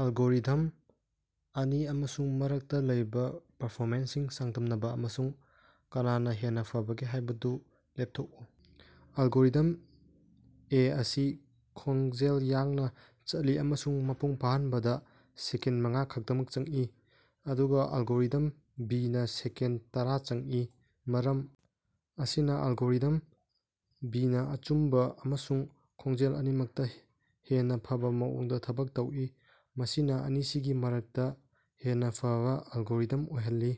Algorithm ꯑꯅꯤ ꯑꯃꯁꯨꯡ ꯃꯔꯛꯇꯥ ꯂꯩꯕꯥ ꯄꯔꯐꯣꯃꯦꯟꯁꯁꯤꯡ ꯆꯥꯡꯗꯝꯅꯕꯥ ꯑꯃꯁꯨꯡ ꯀꯅꯥꯅꯥ ꯍꯦꯟꯅꯥ ꯐꯕꯒꯦ ꯍꯥꯏꯕꯗꯨ ꯂꯦꯞꯊꯣꯛꯎ꯫ ꯑꯦꯜꯒꯣꯔꯤꯊꯝ ꯑꯦ ꯑꯁꯤ ꯈꯣꯡꯖꯦꯜ ꯌꯥꯡꯅꯥ ꯆꯠꯂꯤ ꯑꯃꯁꯨꯡ ꯃꯄꯨꯡ ꯐꯥꯍꯟꯕꯗꯥ ꯁꯦꯀꯦꯟꯗ ꯃꯉꯥ ꯈꯛꯇꯃꯛ ꯆꯪꯏ, ꯑꯗꯨꯒꯥ ꯑꯦꯜꯒꯣꯔꯤꯊꯝ ꯕꯤꯅ ꯁꯦꯀꯦꯟꯗ ꯇꯔꯥ ꯆꯪꯏ꯫ ꯃꯔꯝ ꯑꯁꯤꯅꯥ ꯑꯦꯜꯒꯣꯔꯤꯊꯝ ꯕꯤꯅꯥ ꯑꯆꯨꯝꯕꯥ ꯑꯃꯁꯨꯡ ꯈꯣꯡꯖꯦꯜ ꯑꯅꯤꯃꯛꯇꯥ ꯍꯦꯟꯅꯥ ꯐꯕꯥ ꯃꯑꯣꯡꯗꯥ ꯊꯕꯛ ꯇꯧꯏ, ꯃꯁꯤꯅꯥ ꯑꯅꯤꯁꯤꯒꯤ ꯃꯔꯛꯇꯥ ꯍꯦꯟꯅꯥ ꯐꯕꯥ ꯑꯦꯜꯒꯣꯔꯤꯊꯝ ꯑꯣꯏꯍꯜꯂꯤ꯫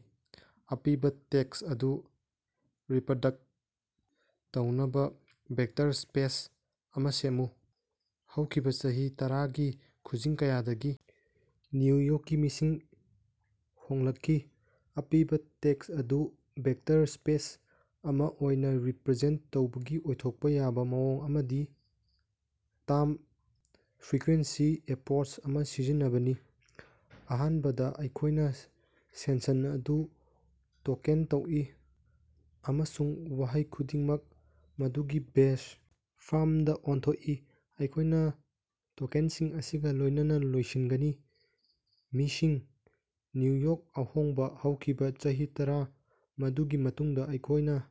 ꯑꯄꯤꯕꯥ ꯇꯦꯛꯁ ꯑꯗꯨ ꯔꯤꯄ꯭ꯔꯗꯛꯇ ꯇꯧꯅꯕꯥ ꯚꯦꯛꯇꯔ ꯁ꯭ꯄꯦꯁ ꯑꯃꯥ ꯁꯦꯝꯃꯨ꯫ ꯍꯧꯈꯤꯕꯥ ꯆꯍꯤ ꯇꯔꯥꯒꯤ ꯈꯨꯖꯤꯡ ꯀꯌꯥꯗꯒꯤ ꯅ꯭ꯌꯨ ꯌꯣꯛꯀꯤ ꯃꯤꯁꯤꯡ ꯍꯣꯡꯂꯛꯈꯤ꯫ ꯑꯄꯤꯕꯥ ꯇꯦꯛꯁ ꯑꯗꯨ ꯚꯦꯛꯇꯔ ꯁ꯭ꯄꯦꯁ ꯑꯃꯥ ꯑꯣꯏꯅꯥ ꯔꯤꯄ꯭ꯔꯖꯦꯟꯇ ꯇꯧꯕꯒꯤ ꯑꯣꯏꯊꯣꯛꯄꯥ ꯌꯥꯕꯥ ꯃꯑꯣꯡ ꯑꯃꯗꯤ ꯇꯥꯝ ꯐ꯭ꯔꯤꯀ꯭ꯋꯦꯟꯁꯤ ꯑꯦꯄ꯭ꯔꯣꯆ ꯑꯃꯥ ꯁꯤꯖꯤꯟꯅꯕꯅꯤ꯫ ꯑꯍꯥꯟꯕꯗꯥ ꯑꯩꯈꯣꯏꯅꯥ ꯁꯦꯟꯁꯟ ꯑꯗꯨ ꯇꯣꯀꯦꯟ ꯇꯧꯏ ꯑꯃꯁꯨꯡ ꯋꯥꯍꯩ ꯈꯨꯗꯤꯡꯃꯛ ꯃꯗꯨꯒꯤ ꯕꯦꯖ ꯐꯥꯔꯝꯗꯥ ꯑꯣꯟꯊꯣꯛꯏ꯫ ꯑꯩꯈꯣꯏꯅꯥ ꯇꯣꯀꯦꯟꯁꯤꯡ ꯑꯁꯤꯒꯥ ꯂꯣꯏꯅꯅꯥ ꯂꯣꯏꯁꯤꯟꯒꯅꯤ꯫ ꯃꯤꯁꯤꯡ, ꯅ꯭ꯌꯨ ꯌꯣꯔꯛ, ꯑꯍꯣꯡꯕꯥ, ꯍꯧꯈꯤꯕꯥ, ꯆꯍꯤ ꯇꯔꯥ ꯃꯗꯨꯒꯤ ꯃꯇꯨꯡꯗꯥ ꯑꯩꯈꯣꯏꯅꯥ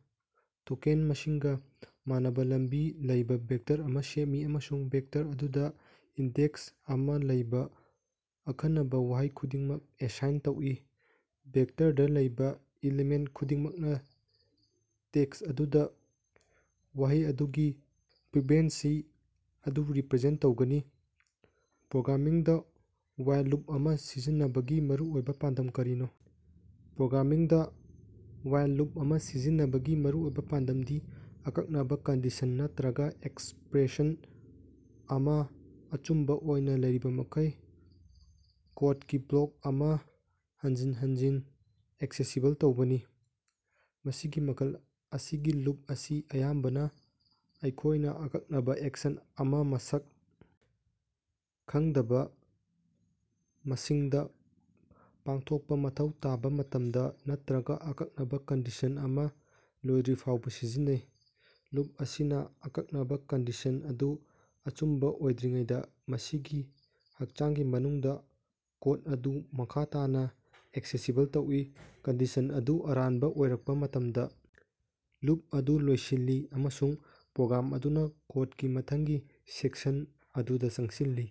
ꯇꯣꯀꯦꯟ ꯃꯁꯤꯡꯒꯥ ꯃꯥꯟꯅꯕꯥ ꯂꯝꯕꯤ ꯂꯩꯕꯥ ꯚꯦꯛꯇꯔ ꯑꯃꯥ ꯁꯦꯝꯃꯤ ꯑꯃꯁꯨꯡ ꯚꯦꯛꯇꯔ ꯑꯗꯨꯗꯥ ꯏꯟꯗꯦꯛꯁ ꯑꯃꯥ ꯂꯩꯕꯥ ꯑꯈꯟꯅꯕꯥ ꯋꯥꯍꯩ ꯈꯨꯗꯤꯡꯃꯛ ꯑꯦꯁꯥꯏꯟ ꯇꯧꯏ꯫ ꯚꯦꯛꯇꯔꯗꯥ ꯂꯩꯕꯥ ꯑꯦꯂꯤꯃꯦꯟꯇ ꯈꯨꯗꯤꯡꯃꯛꯅꯥ ꯇꯦꯛꯁ ꯑꯗꯨꯗꯥ ꯋꯥꯍꯩ ꯑꯗꯨꯒꯤ ꯐ꯭ꯔꯤꯛꯕꯦꯟꯁꯤ ꯑꯗꯨ ꯔꯤꯄ꯭ꯔꯖꯦꯟꯇ ꯇꯧꯒꯅꯤ꯫ ꯄ꯭ꯔꯣꯒ꯭ꯔꯥꯃꯤꯡꯗꯥ ꯋꯥꯏꯜ ꯂꯨꯞ ꯑꯃꯥ ꯁꯤꯖꯤꯟꯅꯕꯒꯤ ꯃꯔꯨꯑꯣꯏꯕꯥ ꯄꯥꯟꯗꯝ ꯀꯔꯤꯅꯣ? ꯄ꯭ꯔꯣꯒ꯭ꯔꯥꯃꯤꯡꯗꯥ ꯋꯥꯏꯜ ꯂꯨꯞ ꯑꯃꯥ ꯁꯤꯖꯤꯟꯅꯕꯒꯤ ꯃꯔꯨꯑꯣꯏꯕꯥ ꯄꯥꯟꯗꯝꯗꯤ ꯑꯀꯛꯅꯕꯥ ꯀꯟꯗꯤꯁꯟ ꯅꯠꯇ꯭ꯔꯒꯥ ꯑꯦꯛꯁꯄ꯭ꯔꯦꯁꯟ ꯑꯃꯥ ꯑꯆꯨꯝꯕꯥ ꯑꯣꯏꯅꯥ ꯂꯩꯔꯤꯕꯃꯈꯩ ꯀꯣꯠꯀꯤ ꯕ꯭ꯂꯣꯛ ꯑꯃꯥ ꯍꯟꯖꯤꯟ ꯍꯟꯖꯤꯟ ꯑꯦꯛꯁꯦꯁꯤꯕꯜ ꯇꯧꯕꯅꯤ꯫ ꯃꯁꯤꯒꯤ ꯃꯈꯜ ꯑꯁꯤꯒꯤ ꯂꯨꯞ ꯑꯁꯤ ꯑꯌꯥꯝꯕꯅꯥ ꯑꯩꯈꯣꯏꯅꯥ ꯑꯀꯛꯅꯕꯥ ꯑꯦꯛꯁꯟ ꯑꯃꯥ ꯃꯁꯛ ꯈꯪꯗꯕꯥ ꯃꯁꯤꯡꯗꯥ ꯄꯥꯡꯊꯣꯛꯄꯥ ꯃꯊꯧ ꯇꯥꯕꯥ ꯃꯇꯝꯗꯥ, ꯅꯠꯇ꯭ꯔꯒꯥ ꯑꯀꯛꯅꯕꯥ ꯀꯟꯗꯤꯁꯟ ꯑꯃꯥ ꯂꯣꯏꯗ꯭ꯔꯤꯐꯥꯎꯕꯥ ꯁꯤꯖꯤꯟꯅꯩ꯫ ꯂꯨꯞ ꯑꯁꯤꯅꯥ ꯑꯀꯛꯅꯕꯥ ꯀꯟꯗꯤꯁꯟ ꯑꯗꯨ ꯑꯆꯨꯝꯕꯥ ꯑꯣꯏꯗ꯭ꯔꯤꯉꯩꯗꯥ ꯃꯁꯤꯒꯤ ꯍꯛꯆꯥꯡꯒꯤ ꯃꯅꯨꯡꯗꯥ ꯀꯣꯠ ꯑꯗꯨ ꯃꯈꯥ ꯇꯥꯅꯥ ꯑꯦꯛꯁꯦꯁꯤꯕꯜ ꯇꯧꯏ꯫ ꯀꯟꯗꯤꯁꯟ ꯑꯗꯨ ꯑꯔꯥꯟꯕꯥ ꯑꯣꯏꯔꯛꯄꯥ ꯃꯇꯝꯗꯥ, ꯂꯨꯞ ꯑꯗꯨ ꯂꯣꯏꯁꯤꯜꯂꯤ ꯑꯃꯁꯨꯡ ꯄ꯭ꯔꯣꯒ꯭ꯔꯥꯝ ꯑꯗꯨꯅꯥ ꯀꯣꯠꯀꯤ ꯃꯊꯪꯒꯤ ꯁꯦꯛꯁꯟ ꯑꯗꯨꯗꯥ ꯆꯪꯁꯤꯜꯂꯤ꯫